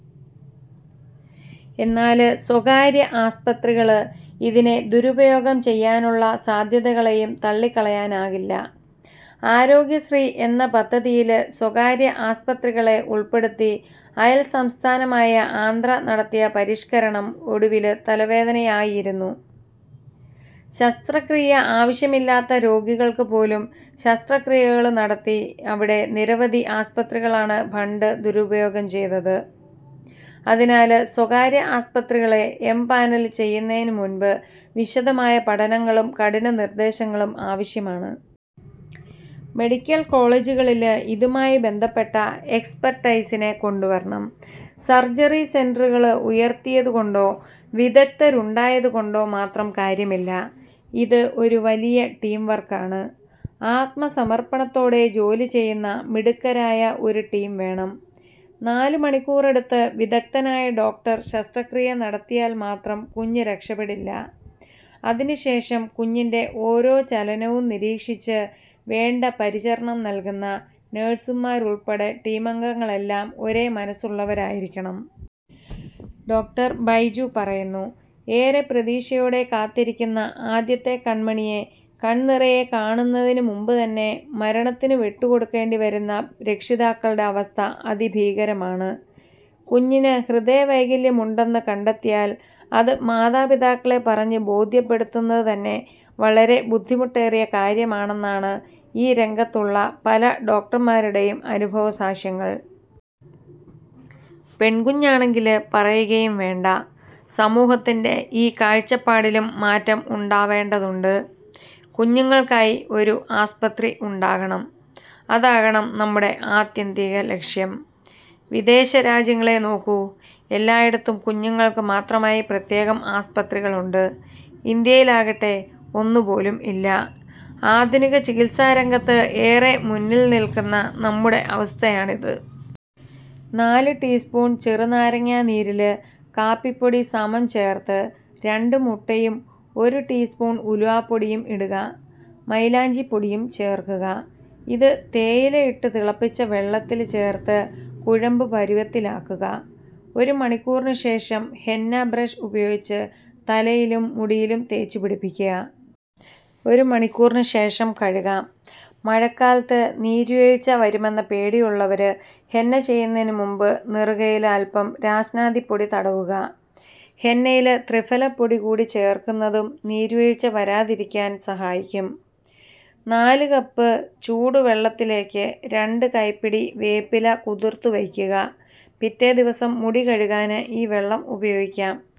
എന്നാല് സ്വകാര്യ ആസ്പത്രികള് ഇതിനെ ദുരുപയോഗം ചെയ്യാനുള്ള സാധ്യതകളെയും തള്ളിക്കളയാനാകില്ല. ആരോഗ്യശ്രീ എന്ന പദ്ധതിയില് സ്വകാര്യ ആസ്പത്രികളെ ഉള്പ്പെടുത്തി അയല്സംസ്ഥാനമായ ആന്ധ്ര നടത്തിയ പരിഷ്ക്കണം ഒടുവില് തലവേദനയായിരുന്നു. ശസ്ത്രക്രിയ ആവശ്യമില്ലാത്ത രോഗികള്ക്ക് പോലും ശസ്ത്രക്രിയകള് നടത്തി അവിടെ നിരവധി ആസ്പത്രികളാണ് ഫണ്ട് ദുരുപയോഗം ചെയ്തത്. അതിനാല് സ്വകാര്യ ആസ്പത്രികളെ എംപാനല് ചെയ്യുന്നതിന് മുമ്പ് വിശദമായ പഠനങ്ങളും കഠിന നിര്ദേശങ്ങളും ആവശ്യമാണ്. 'മെഡിക്കല് കോളേജുകളില് ഇതുമായി ബന്ധപ്പെട്ട എക്സ്പെര്ട്ടൈസിനെ കൊണ്ടുവരണം. സര്ജറി സെന്ററുകള് ഉയര്ത്തിയതുകൊണ്ടോ വിഗദ്ധരുണ്ടായതുകൊണ്ടോ മാത്രം കാര്യമില്ല. ഇത് ഒരു വലിയ ടീം വര്ക്കാണ്. ആത്മസമര്പ്പണത്തോടെ ജോലി ചെയ്യുന്ന മിടുക്കരായ ഒരു ടീം വേണം. നാലുമണിക്കൂറെടുത്ത് വിദഗ്ധനായ ഡോക്ടര് ശസ്ത്രക്രിയ നടത്തിയാല് മാത്രം കുഞ്ഞ് രക്ഷപ്പെടില്ല. അതിനുശേഷം കുഞ്ഞിന്റെ ഓരോ ചലനവും നിരീക്ഷിച്ച് വേണ്ട പരിചരണം നല്കുന്ന നഴ്സുമാരുള്പ്പടെ ടീമംഗങ്ങളെല്ലാം ഒരേ മനസ്സുള്ളവരായിരിക്കണം. ' ഡോ. ബൈജു പറയുന്നു. ഏറെ പ്രതീക്ഷയോടെ കാത്തിരിക്കുന്ന ആദ്യത്തെ കണ്മണിയെ കണ്നിറയെ കാണുന്നതിന് മുമ്പുതന്നെ മരണത്തിന് വിട്ടുകൊടുക്കേണ്ടി വരുന്ന രക്ഷിതാക്കളുടെ അവസ്ഥ അതിഭീകരമാണ്. കുഞ്ഞിന് ഹൃദയവൈകല്യമുണ്ടെന്ന് കണ്ടെത്തിയാല് അത് മാതാപിതാക്കളെ പറഞ്ഞു ബോധ്യപ്പെടുത്തുന്നത് തന്നെ വളരെ ബുദ്ധിമുട്ടേറിയ കാര്യമാണെന്നാണ് ഈ രംഗത്തുള്ള പല ഡോക്ടര്മാരുടെയും അനുഭവസാക്ഷ്യങ്ങള്. പെണ്കുഞ്ഞാണെങ്കില് പറയുകയും വേണ്ട. സമൂഹത്തിന്റെ ഈ കാഴ്ചപ്പാടിലും മാറ്റം ഉണ്ടാവേണ്ടതുണ്ട്. 'കുഞ്ഞുങ്ങള്ക്കായി ഒരു ആസ്പത്രി ഉണ്ടാകണം. അതാകണം നമ്മുടെ ആത്യന്തിക ലക്ഷ്യം. വിദേശരാജ്യങ്ങളെ നോക്കൂ. എല്ലായിടത്തും കുഞ്ഞുങ്ങള്ക്ക് മാത്രമായി പ്രത്യേകം ആസ്പത്രികളുണ്ട്. ഇന്ത്യയിലാകട്ടെ ഒന്നുപോലും ഇല്ല. ആധുനിക ചികിത്സാരംഗത്ത് ഏറെ മുന്നില് നില്ക്കുന്ന നമ്മുടെ അവസ്ഥയാണ് ഇത്. നാല് ടീസ്പൂണ് ചെറുനാരങ്ങാ നീരില് കാപ്പിപ്പൊടി സമം ചേര്ത്ത് രണ്ട് മുട്ടയും ഒരു ടീസ്പൂണ് ഉലുവപ്പൊടിയും ഇടുക. മൈലാഞ്ചിപ്പൊടിയും ചേര്ക്കുക. ഇത് തേയില ഇട്ടു തിളപ്പിച്ച വെള്ളത്തില് ചേര്ത്ത് കുഴമ്പ് പരുവത്തിലാക്കുക. ഒരു മണിക്കൂറിനു ശേഷം ഹെന്ന ബ്രഷ് ഉപയോഗിച്ച് തലയിലും മുടിയിലും തേച്ചു പിടിപ്പിക്കുക. ഒരു മണിക്കൂറിനുശേഷം കഴുകാം. മഴക്കാലത്ത് നീര്വീഴ്ച വരുമെന്ന പേടിയുള്ളവര് ഹെന്ന ചെയ്യുന്നതിനു മുമ്പ് നെറുകയില് അല്പം രാസ്നാദിപ്പൊടി തടവുക. ഹെന്നയില് ത്രിഫലപ്പൊടി കൂടി ചേര്ക്കുന്നതും നീര്വീഴ്ച വരാതിരിക്കാന് സഹായിക്കും. നാലു കപ്പ് ചൂടുവെള്ളത്തിലേക്ക് രണ്ടു കൈപ്പിടി വേപ്പില കുതിര്ത്തു വയ്ക്കുക. പിറ്റേ ദിവസം മുടി കഴുകാന് ഈ വെള്ളം ഉപയോഗിക്കാം.